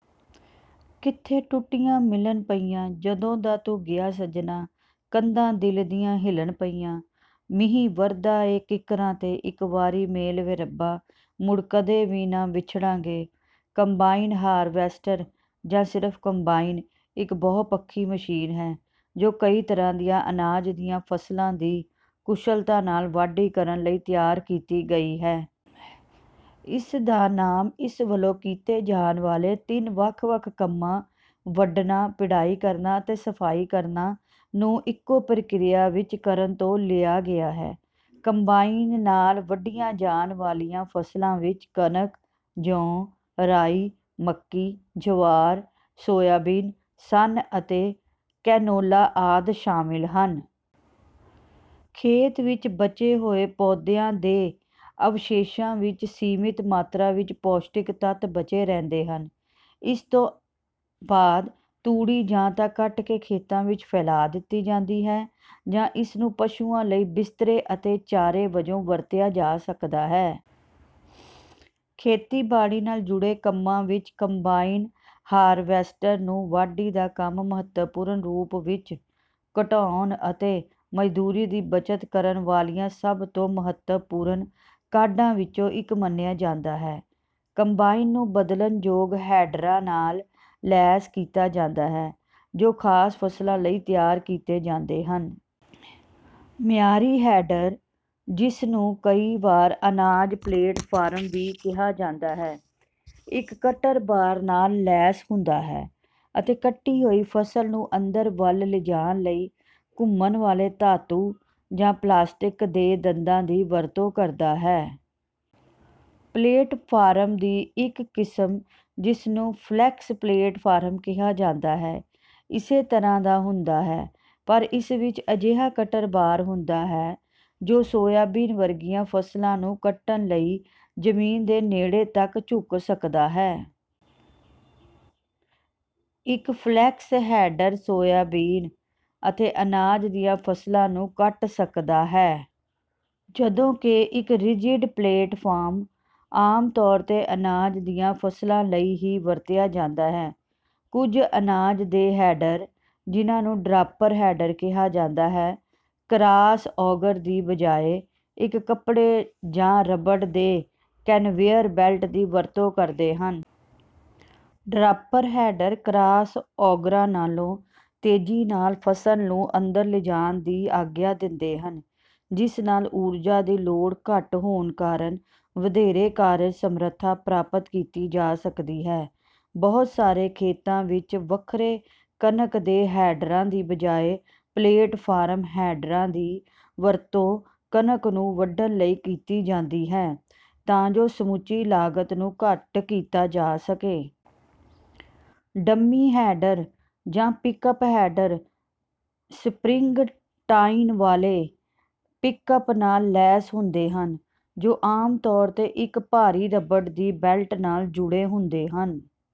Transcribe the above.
ਕਿੱਥੇ ਟੁੱਟੀਆਂ ਮਿਲਣ ਪਈਆਂ, ਜਦੋਂ ਦਾ ਤੂੰ ਗਿਆ ਸੱਜਣਾ, ਕੰਧਾਂ ਦਿਲ ਦੀਆਂ ਹਿੱਲਣ ਪਈਆਂ। ਮੀਂਹ ਵਰਦਾ ਏ ਕਿੱਕਰਾਂ ’ਤੇ, ਇਕ ਵਾਰੀ ਮੇਲ ਵੇ ਰੱਬਾ, ਮੁੜ ਕਦੇ ਵੀ ਨਾ ਵਿਛੜਾਂਗੇ। ਕੰਬਾਈਨ ਹਾਰਵੈਸਟਰ, ਜਾਂ ਸਿਰਫ਼ ਕੰਬਾਈਨ, ਇੱਕ ਬਹੁਪੱਖੀ ਮਸ਼ੀਨ ਹੈ, ਜੋ ਕਈ ਤਰ੍ਹਾਂ ਦੀਆਂ ਅਨਾਜ ਦੀਆਂ ਫ਼ਸਲਾਂ ਦੀ ਕੁਸ਼ਲਤਾ ਨਾਲ ਵਾਢੀ ਕਰਨ ਲਈ ਤਿਆਰ ਕੀਤੀ ਗਈ ਹੈ। ਇਸ ਦਾ ਨਾਮ ਇਸ ਵੱਲੋਂ ਕੀਤੇ ਜਾਣ ਵਾਲੇ ਤਿੰਨ ਵੱਖ-ਵੱਖ ਕੰਮਾਂ—ਵੱਢਣਾ, ਪਿੜਾਈ ਕਰਨਾ ਅਤੇ ਸਫ਼ਾਈ ਕਰਨਾ—ਨੂੰ ਇੱਕੋ ਪ੍ਰਕਿਰਿਆ ਵਿੱਚ ਕਰਨ ਤੋਂ ਲਿਆ ਗਿਆ ਹੈ। ਕੰਬਾਈਨ ਨਾਲ ਵੱਢੀਆਂ ਜਾਣ ਵਾਲੀਆਂ ਫ਼ਸਲਾਂ ਵਿੱਚ ਕਣਕ, ਜੌਂ, ਰਾਈ, ਮੱਕੀ, ਜਵਾਰ, ਸੋਇਆਬੀਨ, ਸਣ ਅਤੇ ਕੈਨੋਲਾ ਆਦਿ ਸ਼ਾਮਲ ਹਨ। ਖੇਤ ਵਿੱਚ ਬਚੇ ਹੋਏ ਪੌਦਿਆਂ ਦੇ ਅਵਸ਼ੇਸ਼ਾਂ ਵਿੱਚ ਸੀਮਤ ਮਾਤਰਾ ਵਿੱਚ ਪੌਸ਼ਟਿਕ ਤੱਤ ਬਚੇ ਰਹਿੰਦੇ ਹਨ। ਇਸ ਤੋਂ ਬਾਅਦ ਤੂੜੀ ਜਾਂ ਤਾਂ ਕੱਟ ਕੇ ਖੇਤਾਂ ਵਿੱਚ ਫੈਲਾ ਦਿੱਤੀ ਜਾਂਦੀ ਹੈ ਜਾਂ ਇਸ ਨੂੰ ਪਸ਼ੂਆਂ ਲਈ ਬਿਸਤਰੇ ਅਤੇ ਚਾਰੇ ਵਜੋਂ ਵਰਤਿਆ ਜਾ ਸਕਦਾ ਹੈ। ਖੇਤੀਬਾੜੀ ਨਾਲ ਜੁੜੇ ਕੰਮਾਂ ਵਿੱਚ ਕੰਬਾਈਨ ਹਾਰਵੈਸਟਰ ਨੂੰ ਵਾਢੀ ਦਾ ਕੰਮ ਮਹੱਤਵਪੂਰਨ ਰੂਪ ਵਿੱਚ ਘਟਾਉਣ ਅਤੇ ਮਜ਼ਦੂਰੀ ਦੀ ਬੱਚਤ ਕਰਨ ਵਾਲੀਆਂ ਸਭ ਤੋਂ ਮਹੱਤਵਪੂਰਨ ਕਾਢਾਂ ਵਿੱਚੋਂ ਇੱਕ ਮੰਨਿਆ ਜਾਂਦਾ ਹੈ। ਕੰਬਾਈਨ ਨੂੰ ਬਦਲਣਯੋਗ ਹੈਡਰਾਂ ਨਾਲ ਲੈਸ ਕੀਤਾ ਜਾਂਦਾ ਹੈ, ਜੋ ਖ਼ਾਸ ਫ਼ਸਲਾਂ ਲਈ ਤਿਆਰ ਕੀਤੇ ਜਾਂਦੇ ਹਨ। ਮਿਆਰੀ ਹੈਡਰ, ਜਿਸ ਨੂੰ ਕਈ ਵਾਰ ਅਨਾਜ ਪਲੇਟਫਾਰਮ ਵੀ ਕਿਹਾ ਜਾਂਦਾ ਹੈ, ਇੱਕ ਕਟਰ ਬਾਰ ਨਾਲ ਲੈਸ ਹੁੰਦਾ ਹੈ ਅਤੇ ਕੱਟੀ ਹੋਈ ਫ਼ਸਲ ਨੂੰ ਅੰਦਰ ਵੱਲ ਲਿਜਾਣ ਲਈ ਘੁੰਮਣ ਵਾਲੇ ਧਾਤੂ ਜਾਂ ਪਲਾਸਟਿਕ ਦੇ ਦੰਦਾਂ ਦੀ ਵਰਤੋਂ ਕਰਦਾ ਹੈ। ਪਲੇਟਫਾਰਮ ਦੀ ਇੱਕ ਕਿਸਮ, ਜਿਸ ਨੂੰ ਫਲੈਕਸ ਪਲੇਟਫਾਰਮ ਕਿਹਾ ਜਾਂਦਾ ਹੈ, ਇਸੇ ਤਰ੍ਹਾਂ ਦਾ ਹੁੰਦਾ ਹੈ, ਪਰ ਇਸ ਵਿੱਚ ਅਜਿਹਾ ਕਟਰ ਬਾਰ ਹੁੰਦਾ ਹੈ ਜੋ ਸੋਇਆਬੀਨ ਵਰਗੀਆਂ ਫ਼ਸਲਾਂ ਨੂੰ ਕੱਟਣ ਲਈ ਜ਼ਮੀਨ ਦੇ ਨੇੜੇ ਤੱਕ ਝੁਕ ਸਕਦਾ ਹੈ। ਇੱਕ ਫਲੈਕਸ ਹੈਡਰ ਸੋਇਆਬੀਨ ਅਤੇ ਅਨਾਜ ਦੀਆਂ ਫ਼ਸਲਾਂ ਨੂੰ ਕੱਟ ਸਕਦਾ ਹੈ, ਜਦੋਂਕਿ ਇੱਕ ਰਿਜਿਡ ਪਲੇਟਫਾਰਮ ਆਮ ਤੌਰ ’ਤੇ ਅਨਾਜ ਦੀਆਂ ਫ਼ਸਲਾਂ ਲਈ ਹੀ ਵਰਤਿਆ ਜਾਂਦਾ ਹੈ। ਕੁਝ ਅਨਾਜ ਦੇ ਹੈਡਰ, ਜਿਨ੍ਹਾਂ ਨੂੰ ਡਰਾਪਰ ਹੈਡਰ ਕਿਹਾ ਜਾਂਦਾ ਹੈ, ਕ੍ਰਾਸ ਔਗਰ ਦੀ ਬਜਾਏ ਇੱਕ ਕੱਪੜੇ ਜਾਂ ਰਬੜ ਦੇ ਕਨਵੇਅਰ ਬੈਲਟ ਦੀ ਵਰਤੋਂ ਕਰਦੇ ਹਨ। ਡਰਾਪਰ ਹੈਡਰ ਕ੍ਰਾਸ ਔਗਰਾਂ ਨਾਲੋਂ ਤੇਜ਼ੀ ਨਾਲ ਫ਼ਸਲ ਨੂੰ ਅੰਦਰ ਲਿਜਾਣ ਦੀ ਆਗਿਆ ਦਿੰਦੇ ਹਨ, ਜਿਸ ਨਾਲ ਊਰਜਾ ਦੀ ਲੋੜ ਘੱਟ ਹੋਣ ਕਾਰਨ ਵਧੇਰੇ ਕਾਰਜ-ਸਮਰੱਥਾ ਪ੍ਰਾਪਤ ਕੀਤੀ ਜਾ ਸਕਦੀ ਹੈ। ਬਹੁਤ ਸਾਰੇ ਖੇਤਾਂ ਵਿੱਚ, ਵੱਖਰੇ ਕਣਕ ਦੇ ਹੈਡਰਾਂ ਦੀ ਬਜਾਏ ਪਲੇਟਫਾਰਮ ਹੈਡਰਾਂ ਦੀ ਵਰਤੋਂ ਕਣਕ ਨੂੰ ਵੱਢਣ ਲਈ ਕੀਤੀ ਜਾਂਦੀ ਹੈ, ਤਾਂ ਜੋ ਸਮੁੱਚੀ ਲਾਗਤ ਨੂੰ ਘੱਟ ਕੀਤਾ ਜਾ ਸਕੇ। ਡਮੀ ਹੈਡਰ ਜਾਂ ਪਿਕਅੱਪ ਹੈਡਰ ਸਪ੍ਰਿੰਗ-ਟਾਈਨ ਵਾਲੇ ਪਿਕਅੱਪ ਨਾਲ ਲੈਸ ਹੁੰਦੇ ਹਨ, ਜੋ ਆਮ ਤੌਰ ’ਤੇ ਇੱਕ ਭਾਰੀ ਰਬੜ ਦੀ ਬੈਲਟ ਨਾਲ ਜੁੜੇ ਹੁੰਦੇ ਹਨ।